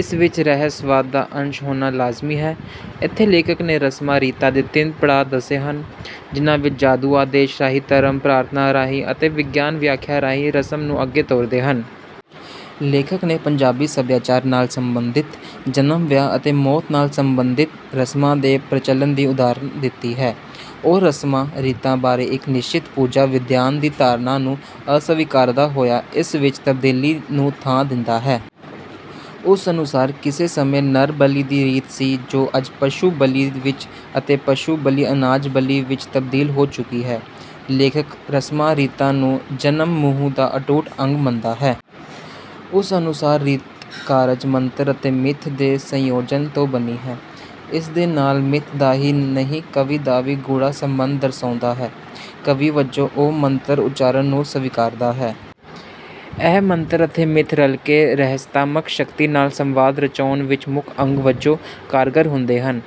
ਇਸ ਵਿੱਚ ਰਹੱਸਵਾਦ ਦਾ ਅੰਸ਼ ਹੋਣਾ ਲਾਜ਼ਮੀ ਹੈ। ਇੱਥੇ ਲੇਖਕ ਨੇ ਰਸਮਾਂ ਰੀਤਾਂ ਦੇ ਤਿੰਨ ਪੜਾਅ ਦੱਸੇ ਹਨ ਜਿਨ੍ਹਾਂ ਵਿੱਚ ਜਾਦੂ ਆਦੇਸ਼ ਰਾਹੀਂ ਧਰਮ ਪ੍ਰਾਰਥਨਾ ਰਾਹੀਂ ਅਤੇ ਵਿਗਿਆਨ ਵਿਆਖਿਆ ਰਾਹੀਂ ਰਸਮ ਨੂੰ ਅੱਗੇ ਤੋਰਦੇ ਹਨ। ਲੇਖਕ ਨੇ ਪੰਜਾਬੀ ਸੱਭਿਆਚਾਰ ਨਾਲ ਸੰਬੰਧਿਤ ਜਨਮ ਵਿਆਹ ਅਤੇ ਮੌਤ ਨਾਲ ਸਬੰਧਿਤ ਰਸਮਾਂ ਦੇ ਪ੍ਰਚਲਨ ਦੀ ਉਦਾਹਰਨ ਦਿੱਤੀ ਹੈ। ਉਹ ਰਸਮਾਂ ਰੀਤਾਂ ਬਾਰੇ ਇੱਕ ਨਿਸ਼ਚਿਤ ਪੂਜਾ ਵਿਧਾਨ ਦੀ ਧਾਰਨਾ ਨੂੰ ਅਸਵੀਕਾਰਦਾ ਹੋਇਆ ਇਸ ਵਿੱਚ ਤਬਦੀਲੀ ਨੂੰ ਥਾਂ ਦਿੰਦਾ ਹੈ। ਉਸ ਅਨੁਸਾਰ ਕਿਸੇ ਸਮੇਂ ਨਰ ਬਲੀ ਦੀ ਰੀਤ ਸੀ ਜੋ ਅੱਜ ਪਸ਼ੂ ਬਲੀ ਵਿੱਚ ਅਤੇ ਪਸ਼ੂ ਬਲੀ ਅਨਾਜ ਬਲੀ ਵਿੱਚ ਤਬਦੀਲ ਹੋ ਚੁੱਕੀ ਹੈ। ਲੇਖਕ ਰਸਮਾਂ ਰੀਤਾਂ ਨੂੰ ਜਨਮਮੂਹ ਦਾ ਅਟੁੱਟ ਅੰਗ ਮੰਨਦਾ ਹੈ। ਉਸ ਅਨੁਸਾਰ ਰੀਤ ਕਾਰਜ ਮੰਤਰ ਅਤੇ ਮਿੱਥ ਦੇ ਸੰਯੋਜਨ ਤੋਂ ਬਣੀ ਹੈ। ਇਸ ਦੇ ਨਾਲ ਮਿੱਥ ਦਾ ਹੀ ਨਹੀਂ ਕਵੀ ਦਾ ਵੀ ਗੂੜ੍ਹਾ ਸੰਬੰਧ ਦਰਸਾਉਂਦਾ ਹੈ। ਕਵੀ ਵਜੋਂ ਉਹ ਮੰਤਰ ਉਚਾਰਨ ਨੂੰ ਸਵੀਕਾਰਦਾ ਹੈ। ਇਹ ਮੰਤਰ ਅਤੇ ਮਿੱਥ ਰਲਕੇ ਰਹੱਸਾਤਮਕ ਸ਼ਕਤੀ ਨਾਲ ਸੰਵਾਦ ਰਚਾਉਣ ਵਿੱਚ ਮੁੱਖ ਅੰਗ ਵਜੋਂ ਕਾਰਗਾਰ ਹੁੰਦੇ ਹਨ।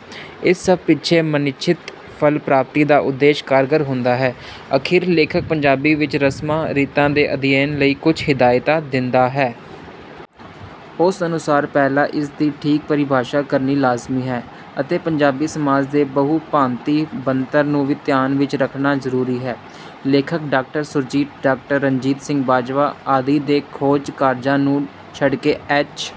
ਇਸ ਸਭ ਪਿੱਛੇ ਮਨਇੱਛਤ ਫਲ ਪ੍ਰਾਪਤੀ ਦਾ ਉਦੇਸ਼ ਕਾਰਗਰ ਹੁੰਦਾ ਹੈ। ਅਖੀਰ ਲੇਖਕ ਪੰਜਾਬੀ ਵਿੱਚ ਰਸਮਾਂ ਰੀਤਾਂ ਦੇ ਅਧਿਐਨ ਲਈ ਕੁਝ ਹਿਦਾਇਤਾਂ ਦਿੰਦਾ ਹੈ। ਉਸ ਅਨੁਸਾਰ ਪਹਿਲਾਂ ਇਸ ਦੀ ਠੀਕ ਪਰਿਭਾਸ਼ਾ ਕਰਨੀ ਲਾਜ਼ਮੀ ਹੈ ਅਤੇ ਪੰਜਾਬੀ ਸਮਾਜ ਦੇ ਬਹੁਭਾਂਤੀ ਬਣਤਰ ਨੂੰ ਵੀ ਧਿਆਨ ਵਿੱਚ ਰੱਖਣਾ ਜ਼ਰੂਰੀ ਹੈ। ਲੇਖਕ ਡਾਕਟਰ ਸੁਰਜੀਤ ਡਾਕਟਰ ਰਣਜੀਤ ਸਿੰਘ ਬਾਜਵਾ ਆਦਿ ਦੇ ਖੋਜ ਕਾਰਜਾਂ ਨੂੰ ਛੱਡਕੇ ਐੱਚ.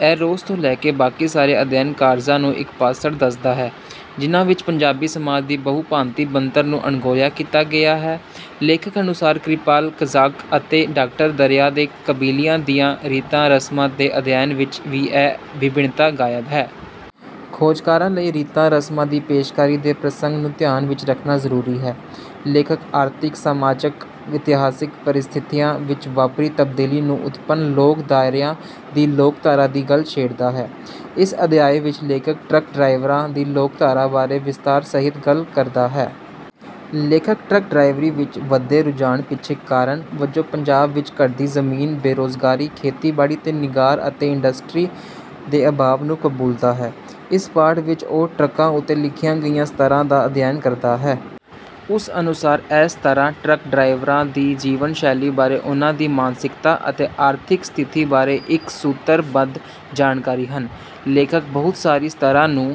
ਏ. ਰੋਜ਼ ਤੋਂ ਲੈਕੇ ਬਾਕੀ ਸਾਰੇ ਅਧਿਐਨ ਕਾਰਜਾਂ ਨੂੰ ਇੱਕ ਪਾਸੜ ਦੱਸਦਾ ਹੈ ਜਿਨ੍ਹਾਂ ਵਿੱਚ ਪੰਜਾਬੀ ਸਮਾਜ ਦੀ ਬਹੁਭਾਂਤੀ ਬਣਤਰ ਨੂੰ ਅਣਗੌਲਿਆ ਕੀਤਾ ਗਿਆ ਹੈ। ਲੇਖਕ ਅਨੁਸਾਰ ਕਿਰਪਾਲ ਕਜ਼ਾਕ ਅਤੇ ਡਾਕਟਰ ਦਰਿਆ ਦੇ ਕਬੀਲਿਆਂ ਦੀਆਂ ਰੀਤਾਂ ਰਸਮਾਂ ਦੇ ਅਧਿਐਨ ਵਿੱਚ ਵੀ ਇਹ ਵਿਭਿੰਨਤਾ ਗਾਇਬ ਹੈ। ਖੋਜਕਾਰ ਲਈ ਰੀਤਾਂ ਰਸਮਾਂ ਦੀ ਪੇਸ਼ਕਾਰੀ ਦੇ ਪ੍ਰਸੰਗਾਂ ਨੂੰ ਧਿਆਨ ਵਿੱਚ ਰੱਖਣਾ ਜ਼ਰੂਰੀ ਹੈ। ਲੇਖਕ ਆਰਥਿਕ ਸਮਾਜਕ ਇਤਿਹਾਸਕ ਪਰਿਸਥਿਤੀਆਂ ਵਿੱਚ ਵਾਪਰੀ ਤਬਦੀਲੀ ਤੋਂ ਉਤਪੰਨ ਲੋਕ ਦਾਇਰਿਆਂ ਦੀ ਲੋਕਧਾਰਾ ਦੀ ਗੱਲ ਛੇੜਦਾ ਹੈ। ਇਸ ਅਧਿਆਇ ਵਿੱਚ ਲੇਖਕ ਟਰੱਕ ਡਰਾਈਵਰਾਂ ਦੀ ਲੋਕਧਾਰਾ ਬਾਰੇ ਵਿਸਤਾਰ ਸਹਿਤ ਗੱਲ ਕਰਦਾ ਹੈ। ਲੇਖਕ ਟਰੱਕ ਡਰਾਈਵਰੀ ਵਿੱਚ ਵਧਦੇ ਰੁਝਾਨ ਪਿੱਛੇ ਕਾਰਨ ਵਜੋਂ ਪੰਜਾਬ ਵਿੱਚ ਘਟਦੀ ਜ਼ਮੀਨ ਬੇਰੋਜ਼ਗਾਰੀ ਖੇਤੀਬਾੜੀ ਦੇ ਨਿਘਾਰ ਅਤੇ ਇੰਡਸਟਰੀ ਦੇ ਅਭਾਵ ਨੂੰ ਕਬੂਲਦਾ ਹੈ। ਇਸ ਪਾਠ ਵਿੱਚ ਉਹ ਟਰੱਕਾਂ ਉੱਤੇ ਲਿਖੀਆਂ ਗਈਆਂ ਸਤਰਾਂ ਦਾ ਅਧਿਐਨ ਕਰਦਾ ਹੈ। ਉਸ ਅਨੁਸਾਰ ਇਹ ਸਤਰਾਂ ਟਰੱਕ ਡਰਾਈਵਰਾਂ ਦੀ ਜੀਵਨ ਸ਼ੈਲੀ ਬਾਰੇ ਉਨ੍ਹਾਂ ਦੀ ਮਾਨਸਿਕਤਾ ਅਤੇ ਆਰਥਿਕ ਸਥਿਤੀ ਬਾਰੇ ਇੱਕ ਸੂਤਰ ਬੱਧ ਜਾਣਕਾਰੀ ਹਨ। ਲੇਖਕ ਬਹੁਤ ਸਾਰੀਆਂ ਸਤਰਾਂ ਨੂੰ